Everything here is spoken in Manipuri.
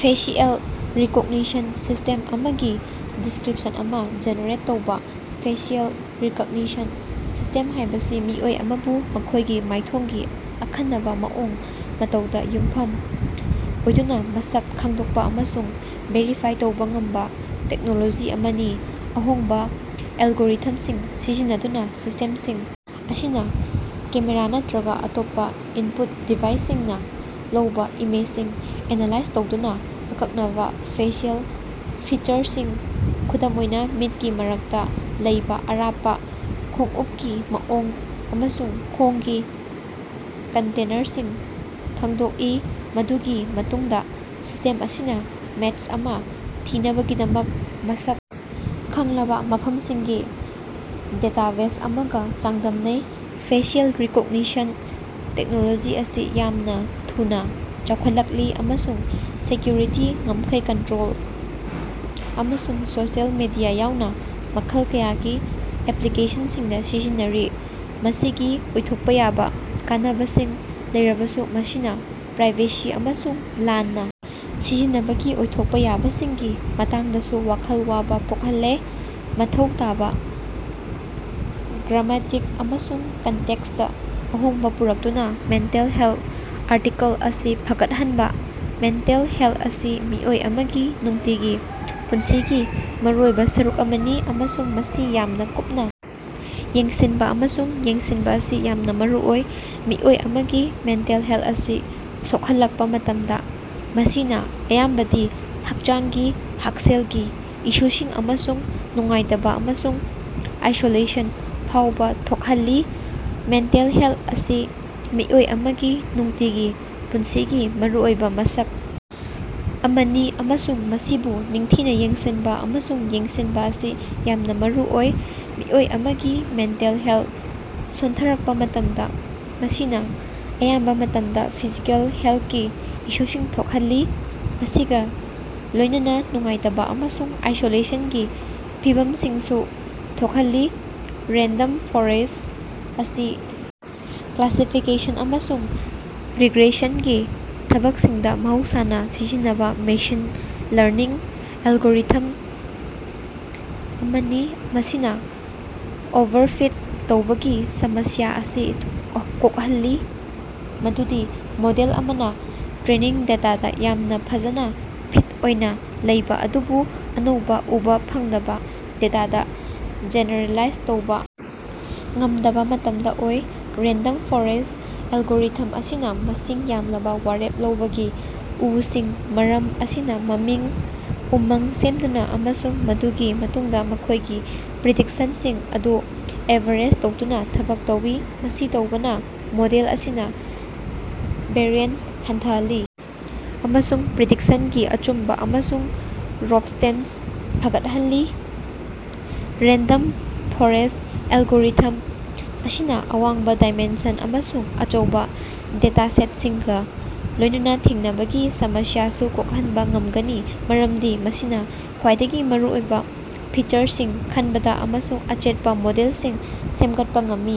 ꯐꯦꯁꯤꯑꯦꯜ ꯔꯤꯀꯣꯒꯅꯤꯁꯟ ꯁꯤꯁ꯭ꯇꯦꯝ ꯑꯃꯒꯤ ꯗꯤꯁ꯭ꯀꯔꯤꯄꯁꯟ ꯑꯃ ꯖꯦꯅꯦꯔꯦꯠ ꯇꯧꯕ꯫ ꯐꯦꯁꯤꯑꯦꯜ ꯔꯤꯀꯒꯅꯤꯁꯟ ꯁꯤꯁ꯭ꯇꯦꯝ ꯍꯥꯏꯕꯁꯤ ꯃꯤꯑꯣꯏ ꯑꯃꯕꯨ ꯃꯈꯣꯏꯒꯤ ꯃꯥꯏꯊꯣꯡꯒꯤ ꯑꯈꯟꯅꯕ ꯃꯑꯣꯡ ꯃꯇꯧꯗ ꯌꯨꯝꯐꯝ ꯑꯣꯏꯗꯨꯅ ꯃꯁꯛ ꯈꯪꯗꯣꯛꯄ ꯑꯃꯁꯨꯡ ꯚꯦꯔꯤꯐꯥꯏ ꯇꯧꯕ ꯉꯝꯕ ꯇꯦꯛꯅꯣꯂꯣꯖꯤ ꯑꯃꯅꯤ꯫ ꯑꯍꯣꯡꯕ ꯑꯦꯜꯒꯣꯔꯤꯊꯃꯁꯤꯡ ꯁꯤꯖꯤꯟꯅꯗꯨꯅ ꯁꯤꯁ꯭ꯇꯦꯝꯁꯤꯡ ꯑꯁꯤꯅ ꯀꯦꯃꯦꯔꯥ ꯅꯠꯇ꯭ꯔꯒ ꯑꯇꯣꯞꯄ ꯏꯟꯄꯨꯠ ꯗꯤꯚꯥꯏꯁꯁꯤꯡꯅ ꯂꯧꯕ ꯏꯃꯦꯖꯁꯤꯡ ꯑꯦꯅꯥꯂꯥꯏꯖ ꯇꯧꯗꯨꯅ ꯑꯀꯛꯅꯕ ꯐꯦꯁꯤꯑꯦꯜ ꯐꯤꯆꯔꯁꯤꯡ, ꯈꯨꯗꯝ ꯑꯣꯏꯅ ꯃꯤꯠꯀꯤ ꯃꯔꯛꯇ ꯂꯩꯕ ꯑꯔꯥꯞꯄ ꯈꯣꯡꯎꯞꯀꯤ ꯃꯑꯣꯡ ꯑꯃꯁꯨꯡ ꯈꯣꯡꯒꯤ ꯀꯟꯇꯦꯅꯔꯁꯤꯡ ꯈꯪꯗꯣꯛꯏ꯫ ꯃꯗꯨꯒꯤ ꯃꯇꯨꯡꯗ ꯁꯤꯁ꯭ꯇꯦꯝ ꯑꯁꯤꯅ ꯃꯦꯆ ꯑꯃ ꯊꯤꯅꯕꯒꯤꯗꯃꯛ ꯃꯁꯛ ꯈꯪꯂꯕ ꯃꯐꯝꯁꯤꯡꯒꯤ ꯗꯦꯇꯥꯕꯦꯖ ꯑꯃꯒ ꯆꯥꯡꯗꯝꯅꯩ꯫ ꯐꯦꯁꯤꯑꯦꯜ ꯔꯤꯀꯣꯒꯅꯤꯁꯟ ꯇꯦꯛꯅꯣꯂꯣꯖꯤ ꯑꯁꯤ ꯌꯥꯝꯅ ꯊꯨꯅ ꯆꯥꯎꯈꯠꯂꯛꯂꯤ ꯑꯃꯁꯨꯡ ꯁꯦꯀ꯭ꯌꯨꯔꯤꯇꯤ, ꯉꯝꯈꯩ ꯀꯟꯇꯔꯣꯜ, ꯑꯃꯁꯨꯡ ꯁꯣꯁꯤꯑꯦꯜ ꯃꯦꯗꯤꯌꯥ ꯌꯥꯎꯅ ꯃꯈꯜ ꯀꯌꯥꯒꯤ ꯑꯦꯄ꯭ꯂꯤꯀꯦꯁꯟꯁꯤꯡꯗ ꯁꯤꯖꯤꯟꯅꯔꯤ꯫ ꯃꯁꯤꯒꯤ ꯑꯣꯏꯊꯣꯛꯄ ꯌꯥꯕ ꯀꯥꯟꯅꯕꯁꯤꯡ ꯂꯩꯔꯕꯁꯨ ꯃꯁꯤꯅ ꯄ꯭ꯔꯥꯏꯚꯦꯁꯤ ꯑꯃꯁꯨꯡ ꯂꯥꯟꯅ ꯁꯤꯖꯤꯟꯅꯕꯒꯤ ꯑꯣꯏꯊꯣꯛꯄ ꯌꯥꯕꯁꯤꯡꯒꯤ ꯃꯇꯥꯡꯗꯁꯨ ꯋꯥꯈꯜ ꯋꯥꯕ ꯄꯣꯛꯍꯜꯂꯦ꯫ ꯃꯊꯧ ꯇꯥꯕ ꯒ꯭ꯔꯥꯃꯇꯤꯛ ꯑꯃꯁꯨꯡ ꯀꯟꯇꯦꯛꯁꯇ ꯑꯍꯣꯡꯕ ꯄꯨꯔꯛꯇꯨꯅ ꯃꯦꯟꯇꯦꯜ ꯍꯦꯜꯊ ꯑꯥꯔꯇꯤꯀꯜ ꯑꯁꯤ ꯐꯒꯠꯍꯟꯕ꯫ ꯃꯦꯟꯇꯦꯜ ꯍꯦꯜꯊ ꯑꯁꯤ ꯃꯤꯑꯣꯏ ꯑꯃꯒꯤ ꯅꯨꯡꯇꯤꯒꯤ ꯄꯨꯟꯁꯤꯒꯤ ꯃꯔꯨꯑꯣꯏꯕ ꯁꯔꯨꯛ ꯑꯃꯅꯤ꯫ ꯑꯃꯁꯨꯡ ꯃꯁꯤ ꯌꯥꯝꯅ ꯀꯨꯞꯅ ꯌꯦꯡꯁꯤꯟꯕ ꯑꯃꯁꯨꯡ ꯌꯦꯡꯁꯤꯟꯕ ꯑꯁꯤ ꯌꯥꯝꯅ ꯃꯔꯨꯑꯣꯏ꯫ ꯃꯤꯑꯣꯏ ꯑꯃꯒꯤ ꯃꯦꯟꯇꯦꯜ ꯍꯦꯂꯊ ꯑꯁꯤ ꯁꯣꯛꯍꯜꯂꯛꯄ ꯃꯇꯝꯗ ꯃꯁꯤꯅ ꯑꯌꯥꯝꯕꯗꯤ ꯍꯛꯆꯥꯡꯒꯤ ꯍꯛꯁꯦꯜꯒꯤ ꯏꯁꯨꯁꯤꯡ ꯑꯃꯁꯨꯡ ꯅꯨꯡꯉꯥꯏꯇꯕ ꯑꯃꯁꯨꯡ ꯑꯥꯏꯁꯣꯂꯦꯁꯟ ꯐꯥꯎꯕ ꯊꯣꯛꯍꯜꯂꯤ꯫ ꯃꯦꯟꯇꯦꯜ ꯍꯦꯜꯊ ꯑꯁꯤ ꯃꯤꯑꯣꯏ ꯑꯃꯒꯤ ꯅꯨꯡꯇꯤꯒꯤ ꯄꯨꯟꯁꯤꯒꯤ ꯃꯔꯨꯑꯣꯏꯕ ꯃꯁꯛ ꯑꯃꯅꯤ ꯑꯃꯁꯨꯡ ꯃꯁꯤꯕꯨ ꯅꯤꯡꯊꯤꯅ ꯌꯦꯡꯁꯤꯟꯕ ꯑꯃꯁꯨꯡ ꯌꯦꯡꯁꯤꯟꯕ ꯑꯁꯤ ꯌꯥꯝꯅ ꯃꯔꯨꯑꯣꯏ꯫ ꯃꯤꯑꯣꯏ ꯑꯃꯒꯤ ꯃꯦꯟꯇꯦꯜ ꯍꯦꯂꯊ ꯁꯣꯟꯊꯔꯛꯄ ꯃꯇꯝꯗ, ꯃꯁꯤꯅ ꯑꯌꯥꯝꯕ ꯃꯇꯝꯗ ꯐꯤꯖꯤꯀꯦꯜ ꯍꯦꯂꯊꯀꯤ ꯏꯁꯨꯁꯤꯡ ꯊꯣꯛꯍꯜꯂꯤ꯫ ꯃꯁꯤꯒ ꯂꯣꯏꯅꯅ ꯅꯨꯡꯉꯥꯏꯇꯕ ꯑꯃꯁꯨꯡ ꯑꯥꯏꯁꯣꯂꯦꯁꯟꯒꯤ ꯐꯤꯚꯝꯁꯤꯡꯁꯨ ꯊꯣꯛꯍꯜꯂꯤ꯫ ꯔꯦꯟꯗꯝ ꯐꯣꯔꯦꯁ꯭ꯠ ꯑꯁꯤ ꯀ꯭ꯂꯥꯁꯤꯐꯤꯀꯦꯁꯟ ꯑꯃꯁꯨꯡ ꯔꯤꯒ꯭ꯔꯦꯁꯟꯒꯤ ꯊꯕꯛꯁꯤꯡꯗ ꯃꯍꯧꯁꯥꯅ ꯁꯤꯖꯤꯟꯅꯕ ꯃꯦꯁꯤꯟ ꯂꯔꯅꯤꯡ ꯑꯦꯜꯒꯣꯔꯤꯊꯝ ꯑꯃꯅꯤ꯫ ꯃꯁꯤꯅ ꯑꯣꯚꯔꯐꯤꯠ ꯇꯧꯕꯒꯤ ꯁꯃꯁ꯭ꯌꯥ ꯑꯁꯤ ꯊꯨꯑꯣ ꯀꯣꯛꯍꯜꯂꯤ꯫ ꯃꯗꯨꯗꯤ ꯃꯣꯗꯦꯜ ꯑꯃꯅ ꯇ꯭ꯔꯦꯅꯤꯡ ꯗꯦꯇꯥꯗꯥ ꯌꯥꯝꯅ ꯐꯖꯅ ꯐꯤꯠ ꯑꯣꯏꯅ ꯂꯩꯕꯥ ꯑꯗꯨꯕꯨ ꯑꯅꯧꯕ, ꯎꯕ ꯐꯪꯗꯕ ꯗꯦꯇꯥꯗ ꯖꯦꯅꯦꯔꯦꯂꯥꯏꯖ ꯇꯧꯕ ꯉꯝꯗꯕ ꯃꯇꯝꯗ ꯑꯣꯏ꯫ ꯔꯦꯟꯗꯝ ꯐꯣꯔꯦꯁ꯭ꯠ ꯑꯦꯜꯒꯣꯔꯤꯊꯝ ꯑꯁꯤꯅ ꯃꯁꯤꯡ ꯌꯥꯝꯂꯕ ꯋꯥꯔꯦꯞ ꯂꯧꯕꯒꯤ ꯎꯁꯤꯡ ꯃꯔꯝ ꯑꯁꯤꯅ ꯃꯃꯤꯡ, ꯎꯃꯪ ꯁꯦꯝꯗꯨꯅ ꯑꯃꯁꯨꯡ ꯃꯗꯨꯒꯤ ꯃꯇꯨꯡꯗ ꯃꯈꯣꯏꯒꯤ ꯄ꯭ꯔꯤꯗꯤꯛꯁꯟꯁꯤꯡ ꯑꯗꯨ ꯑꯦꯚꯥꯔꯦꯖ ꯇꯧꯗꯨꯅ ꯊꯕꯛ ꯇꯧꯏ꯫ ꯃꯁꯤ ꯇꯧꯕꯅ ꯃꯣꯗꯦꯜ ꯑꯁꯤꯅ ꯚꯦꯔꯤꯑꯦꯟꯁ ꯍꯟꯊꯍꯜꯂꯤ ꯑꯃꯁꯨꯡ ꯄ꯭ꯔꯤꯗꯤꯛꯁꯟꯒꯤ ꯑꯆꯨꯝꯕ ꯑꯃꯁꯨꯡ ꯔꯣꯕꯁ꯭ꯇꯦꯟꯁ ꯐꯒꯠꯍꯜꯂꯤ꯫ ꯔꯦꯟꯗꯝ ꯐꯣꯔꯦꯁ꯭ꯠ ꯑꯦꯜꯒꯣꯔꯤꯊꯝ ꯑꯁꯤꯅ ꯑꯋꯥꯡꯕ ꯗꯥꯏꯃꯦꯟꯁꯟ ꯑꯃꯁꯨꯡ ꯑꯆꯧꯕ ꯗꯦꯇꯥꯁꯦꯠꯁꯤꯡꯒ ꯂꯣꯏꯅꯅ ꯊꯦꯡꯅꯕꯒꯤ ꯁꯃꯁ꯭ꯌꯥꯁꯨ ꯀꯣꯛꯍꯟꯕ ꯉꯝꯒꯅꯤ꯫ ꯃꯔꯝꯗꯤ ꯃꯁꯤꯅ ꯈ꯭ꯋꯥꯏꯗꯒꯤ ꯃꯔꯨꯑꯣꯏꯕ ꯐꯤꯆꯔꯁꯤꯡ ꯈꯟꯕꯗ ꯑꯃꯁꯨꯡ ꯑꯆꯦꯠꯄ ꯃꯣꯗꯦꯜꯁꯤꯡ ꯁꯦꯝꯒꯠꯄ ꯉꯝꯃꯤ꯫